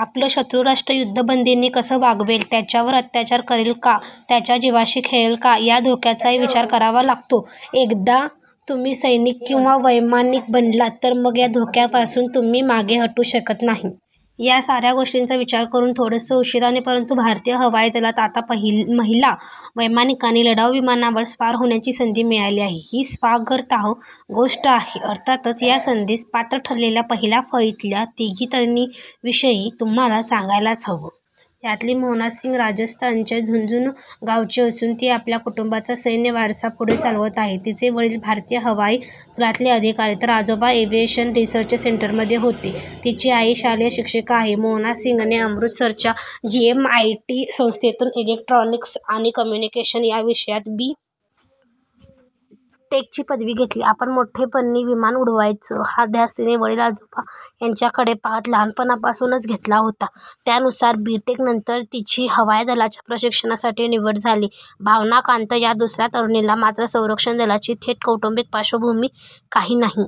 आपलं शत्रूराष्ट्र युद्धबंदींना कसं वागवेल, त्यांच्यावर अत्याचार करील का, त्यांच्या जिवाशी खेळेल का, या धोक्याचाही विचार करावा लागतो. एकदा तुम्ही सैनिक किंवा वैमानिक बनलात, तर मग या धोक्यांपासून तुम्ही मागे हटू शकत नाही. या साऱ्या गोष्टींचा विचार करून, थोडंसं उशिराने परंतु भारतीय हवाई दलात आता महिला वैमानिकांना लढाऊ विमानांवर स्वार होण्याची संधी मिळाली आहे, ही स्वागतार्ह गोष्ट आहे. अर्थातच या संधीस पात्र ठरलेल्या पहिल्या फळीतल्या तिघी तरुणींविषयी तुम्हाला सांगायलाच हवं. यातली मोहना सिंग ही राजस्थानच्या झुनझुनू गावची असून ती आपल्या कुटुंबाचा सैन्यवारसा पुढे चालवत आहे. तिचे वडील भारतीय हवाई दलातले अधिकारी, तर आजोबा एव्हिएशन रिसर्च सेंटरमध्ये होते. तिची आई शालेय शिक्षिका आहे. मोहना सिंगने अमृतसरच्या जीएमआयईटी संस्थेतून इलेक्ट्रॉनिक्स आणि कम्युनिकेशन या विषयात बी. टेक.ची पदवी घेतली. आपण मोठेपणी विमान उडवायचं, हा ध्यास तिने वडील-आजोबा यांच्याकडे पाहत लहानपणापासूनच घेतला होता. त्यानुसार बी. टेक. नंतर तिची हवाई दलाच्या प्रशिक्षणासाठी निवड झाली. भावना कांत या दुसऱ्या तरुणीला मात्र संरक्षण दलाची थेट कौटुंबिक पार्श्वभूमी काही नाही.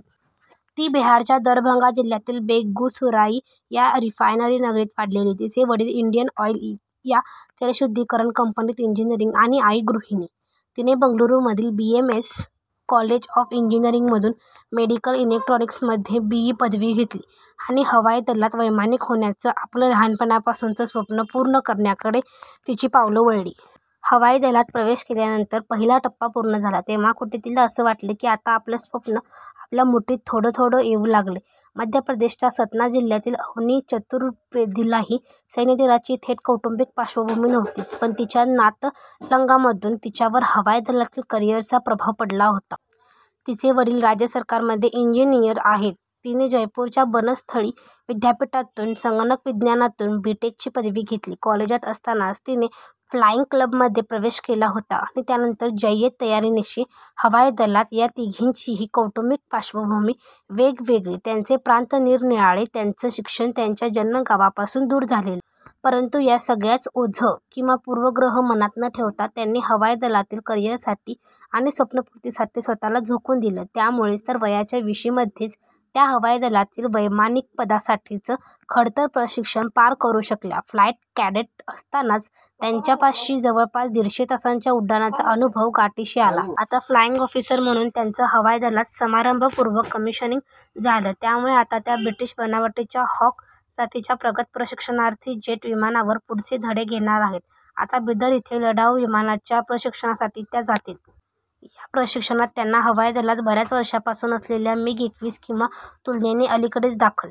ती बिहारच्या दरभंगा जिल्ह्यातील बेगुसराई या रिफायनरी नगरीत वाढलेली. तिचे वडील इंडियन ऑइल या तेलशुद्धीकरण कंपनीत इंजिनिअर आणि आई गृहिणी. तिने बंगळुरूमधील बीएमएस कॉलेज ऑफ इंजिनिअरिंगमधून मेडिकल इलेक्ट्रॉनिक्समध्ये बीई पदवी घेतली आणि हवाई दलात वैमानिक होण्याचं आपलं लहानपणापासूनचं स्वप्न पूर्ण करण्याकडे तिची पावलं वळली. हवाई दलात प्रवेश केल्यानंतर पहिला टप्पा पूर्ण झाला, तेव्हा कुठे तिला असं वाटलं की आता आपलं स्वप्न आपल्या मुठीत थोडं थोडं येऊ लागलंय. मध्य प्रदेशच्या सतना जिल्ह्यातील अवनी चतुर्वेदीलाही सैन्यदलाची थेट कौटुंबिक पार्श्वभूमी नव्हतीच, पण तिच्या नातलगांमधून तिच्यावर हवाई दलातील करिअरचा प्रभाव पडला होता. तिचे वडील राज्य सरकारमध्ये इंजिनिअर आहेत. तिने जयपूरच्या बनस्थळी विद्यापीठातून संगणक विज्ञानातून बी. टेक.ची पदवी घेतली. कॉलेजात असतानाच तिने फ्लाइंग क्लबमध्ये प्रवेश केला होता आणि त्यानंतर जय्यत तयारीनिशी हवाई दलात. या तिघींचीही कौटुंबिक पार्श्वभूमी वेगवेगळी, त्यांचे प्रांत निरनिराळे, त्यांचं शिक्षण त्यांच्या जन्मगावापासून दूर झालेलं. परंतु या सगळ्याचं ओझं किंवा पूर्वग्रह मनात न ठेवता त्यांनी हवाई दलातील करिअरसाठी आणि स्वप्नपूर्तीसाठी स्वतःला झोकून दिलं. त्यामुळेच तर वयाच्या विशीमध्येच त्या हवाई दलातील वैमानिकपदासाठीचं खडतर प्रशिक्षण पार करू शकल्या. फ्लाइट कॅडेट असतानाच त्यांच्यापाशी जवळपास दीडशे तासांच्या उड्डाणाचा अनुभव गाठीशी आला. आता फ्लाइंग ऑफिसर म्हणून त्यांचं हवाई दलात समारंभपूर्वक कमिशनिंग झालं. त्यामुळे आता त्या ब्रिटिश बनावटीच्या हॉक जातीच्या प्रगत प्रशिक्षणार्थी जेट विमानावर पुढचे धडे घेणार आहेत. आता बिदर इथे लढाऊ विमानांच्या प्रशिक्षणासाठी त्या जातील. या प्रशिक्षणात त्यांना हवाई दलात बऱ्याच वर्षांपासून असलेल्या मिग एकवीस किंवा तुलनेने अलीकडेच दाखल